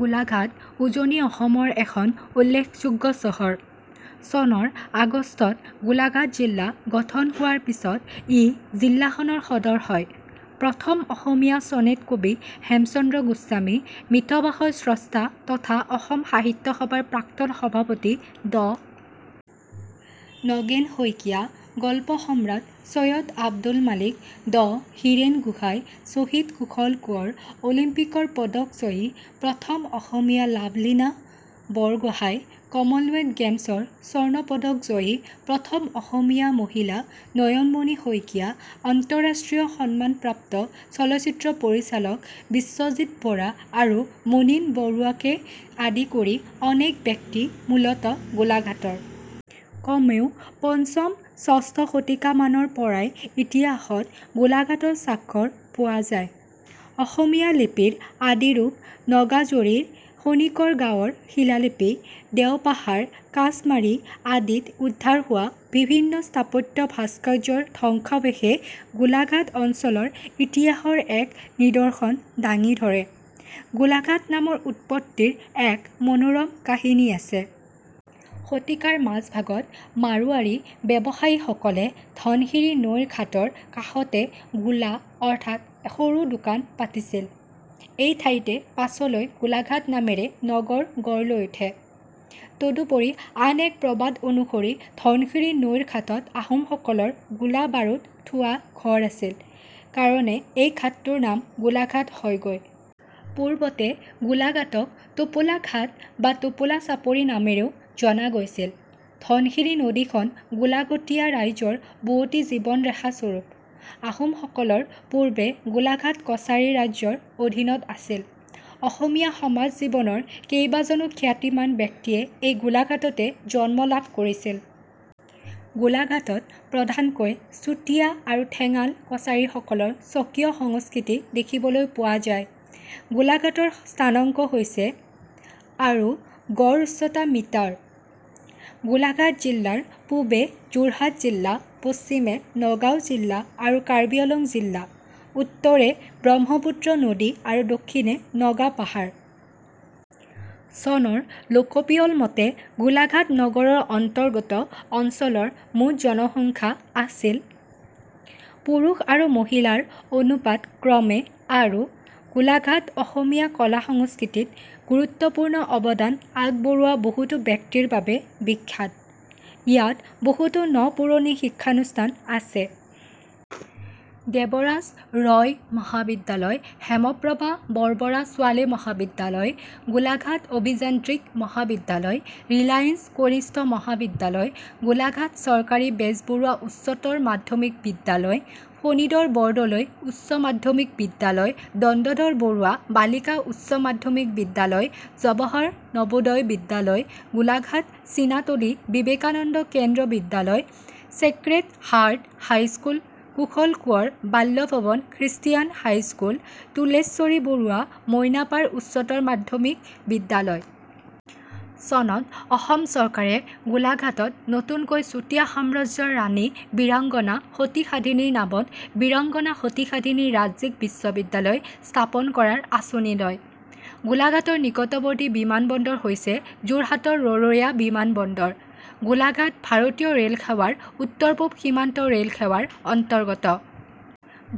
গোলাঘাট উজনি অসম ৰ এখন উল্লেখযোগ্য চহৰ। চনৰ আগষ্টত গোলাঘাট জিলা গঠন হোৱাৰ পিছত ই জিলাখনৰ সদৰ হয়। প্ৰথম অসমীয়া চনেট কবি হেমচন্দ্ৰ গোস্বামী, মিতভাষৰ স্ৰষ্টা তথা অসম সাহিত্য সভাৰ প্ৰাক্তন সভাপতি ড নগেন শইকীয়া, গল্প সম্ৰাট চৈয়দ আব্দুল মালিক, ড হীৰেন গোহাঁই, শ্বহীদ কুশল কোঁৱৰ, অলিম্পিকৰ পদকজয়ী প্ৰথম অসমীয়া লাভলীনা বৰগোহাঁই, কমনৱেলথ গেমছৰ স্বৰ্ণ পদকজয়ী প্ৰথম অসমীয়া মহিলা নয়নমণি শইকীয়া, আন্তঃৰাষ্ট্ৰীয় সন্মানপ্ৰাপ্ত চলচ্চিত্ৰ পৰিচালক বিশ্বজিৎ বৰা আৰু মুনিন বৰুৱাকে আদি কৰি অনেক ব্যক্তি মূলতঃ গোলাঘাটৰ। কমেও পঞ্চম-ষষ্ঠ শতিকামানৰ পৰাই ইতিহাসত গোলাঘাটৰ স্বাক্ষৰ পোৱা যায়। অসমীয়া লিপিৰ আদিৰূপ নগাজৰি খনিকৰ গাঁৱৰ শিলালিপি, দেওপাহাৰ, কাছমাৰী আদিত উদ্ধাৰ হোৱা বিভিন্ন স্থাপত্য-ভাস্কৰ্যৰ ধ্বংসাৱশেষে গোলাঘাট অঞ্চলৰ ইতিহাসৰ এক নিদৰ্শন ডাঙি ধৰে। গোলাঘাট নামৰ উৎপত্তিৰ এক মনোৰম কাহিনী আছে। শতিকাৰ মাজভাগত মাৰোৱাৰী ব্যৱসায়ীসকলে ধনশিৰী নৈৰ ঘাটৰ কাষতে 'গোলা' অৰ্থাৎ সৰু দোকান পাতিছিল। এই ঠাইতে পাছলৈ গোলাঘাট নামেৰে নগৰ গঢ়লৈ উঠে। তদুপৰি আন এক প্ৰবাদ অনুসৰি ধনশিৰী নৈৰ ঘাটত আহোমসকলৰ গোলা-বাৰুদ থোৱা ঘৰ আছিল কাৰণে এই ঘাটটোৰ নাম গোলাঘাট হয়গৈ। পূৰ্বতে গোলাঘাটক টোপোলা ঘাট বা টোপোলা চাপৰি নামেৰেও জনা গৈছিল। ধনশিৰী নদীখন গোলাঘটীয়া ৰাইজৰ বোঁৱতী জীৱন ৰেখা স্বৰূপ। আহোমসকলৰ পূৰ্বে গোলাঘাট কছাৰী ৰাজ্যৰ অধীনত আছিল। অসমীয়া সমাজ জীৱনৰ কেইবাজনো খ্যাতিমান ব্যক্তিয়ে এই গোলাঘাটতে জন্ম লাভ কৰিছিল। গোলাঘাটত প্ৰধানকৈ চুতীয়া আৰু ঠেঙাল কছাৰীসকলৰ স্বকীয় সংস্কৃতি দেখিবলৈ পোৱা যায়। গোলাঘাটৰ স্থানাংক হৈছে /../; আৰু গড় উচ্চতা মিটাৰ। গোলাঘাট জিলাৰ পূবে যোৰহাট জিলা, পশ্চিমে নগাঁও জিলা আৰু কাৰ্বি আংলং জিলা, উত্তৰে ব্ৰহ্মপুত্ৰ নদী আৰু দক্ষিণে নগা পাহাৰ। চনৰ লোকপিয়ল মতে গোলাঘাট নগৰৰ অন্তৰ্গত অঞ্চলৰ মুঠ জনসংখ্যা আছিল। পুৰুষ আৰু মহিলাৰ অনুপাত ক্ৰমে আৰু। গোলাঘাট অসমীয়া কলা সংস্কৃতিত গুৰুত্বপূ্ৰ্ণ অৱদান আগবঢ়োৱা বহুতো ব্যক্তিৰ বাবে বিখ্যাত। ইয়াত বহুতো ন পুৰণি শিক্ষানুষ্ঠান আছে। দেৱৰাজ ৰয় মহাবিদ্যালয় হেমপ্ৰভা বৰবৰা ছোৱালী মহাবিদ্যালয় গোলাঘাট অভিযান্ত্ৰিক মহাবিদ্যালয় ৰিলায়েন্স কনিষ্ঠ মহাবিদ্যালয় গোলাঘাট চৰকাৰী বেজবৰুৱা উচ্চতৰ মাধ্যমিক বিদ্যালয় ফণীধৰ বৰদলৈ উচ্চ মাধ্যমিক বিদ্যালয় দন্দধৰ বৰুৱা বালিকা উচ্চ মাধ্যমিক বিদ্যালয় জৱাহৰ নবোদয় বিদ্যালয়, গোলাঘাট, চিনাতলী বিবেকানন্দ কেন্দ্ৰ বিদ্যালয় Chequered Heart High School Kushal Konwar বাল্য ভৱন খ্ৰীষ্টীয়ান হাইস্কুল তুলেশ্বৰী বৰুৱা মইনাপাৰ উচ্চতৰ মাধ্যমিক বিদ্যালয়। চনত অসম চৰকাৰে গোলাঘাটত নতুনকৈ চুতীয়া সাম্ৰাজ্যৰ ৰাণী বীৰাংগনা সতী সাধনীৰ নামত ' বীৰাংগনা সতী সাধনী ৰাজ্যিক বিশ্ববিদ্যালয় ' স্থাপন কৰাৰ আঁচনি লয়। গোলাঘাটৰ নিকটৱৰ্তী বিমান বন্দৰ হৈছে যোৰহাটৰ ৰৰৈয়া বিমানবন্দৰ। গোলাঘাট ভাৰতীয় ৰেলসেৱা ৰ উত্তৰ-পূব সীমান্ত ৰে'লসেৱা ৰ অন্তৰ্গত।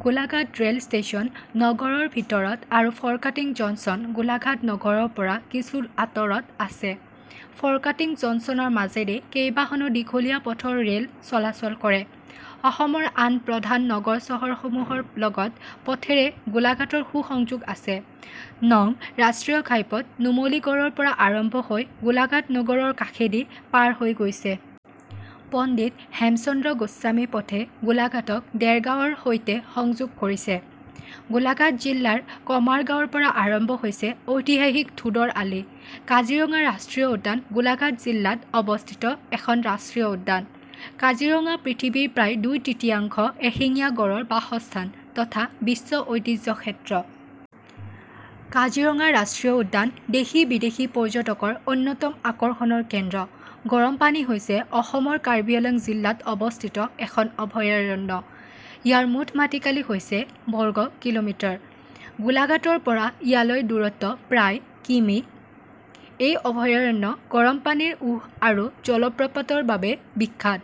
গোলাঘাট ৰেল ষ্টেচন নগৰৰ ভিতৰত আৰু ফৰকাটিং জংচন গোলাঘাট নগৰৰ পৰা কিছু আঁতৰত আছে। ফৰকাটিং জংছনৰ মাজেদি কেইবাখনো দীঘলীয়া পথৰ ৰে'ল চলাচল কৰে। অসমৰ আন প্ৰধান নগৰ-চহৰসমূহৰ লগত পথেৰে গোলাঘাটৰ সু-সংযোগ আছে। নং ৰাষ্ট্ৰীয় ঘাইপথ নুমলীগড়ৰ পৰা আৰম্ভ হৈ গোলাঘাট নগৰৰ কাষেদি পাৰ হৈ গৈছে। পণ্ডিত হেমচন্দ্ৰ গোস্বামী পথে গোলাঘাটক দেৰগাঁৱ ৰ সৈতে সংযোগ কৰিছে। গোলাঘাট জিলাৰ কমাৰগাঁৱৰ পৰা আৰম্ভ হৈছে ঐতিহাসিক ধোদৰ আলি। কাজিৰঙা ৰাষ্ট্ৰীয় উদ্যান গোলাঘাট জিলাত অৱস্থিত এখন ৰাষ্ট্ৰীয় উদ্যান। কাজিৰঙা পৃথিৱীৰ প্ৰায় দুই তৃতীয়াংশ এশিঙীয়া গঁড় ৰ বাসস্থান তথা বিশ্ব ঐতিহ্যক্ষেত্ৰ। কাজিৰঙা ৰাষ্ট্ৰীয় উদ্যান দেশী বিদেশী পৰ্যটকৰ অন্যতম আকৰ্ষণৰ কেন্দ্ৰ। গৰমপানী হৈছে অসমৰ কাৰ্বি আংলং জিলাত অৱস্থিত এখন অভয়াৰণ্য। ইয়াৰ মুঠ মাটিকালি হৈছে -বৰ্গ-কিলোমিটাৰ। গোলাঘাটৰ পৰা ইয়ালৈ দূৰত্ব প্ৰায় কিমি। এই অভয়াৰণ্য গৰমপানীৰ উঁহ আৰু জলপ্ৰপাতৰ বাবে বিখ্যাত।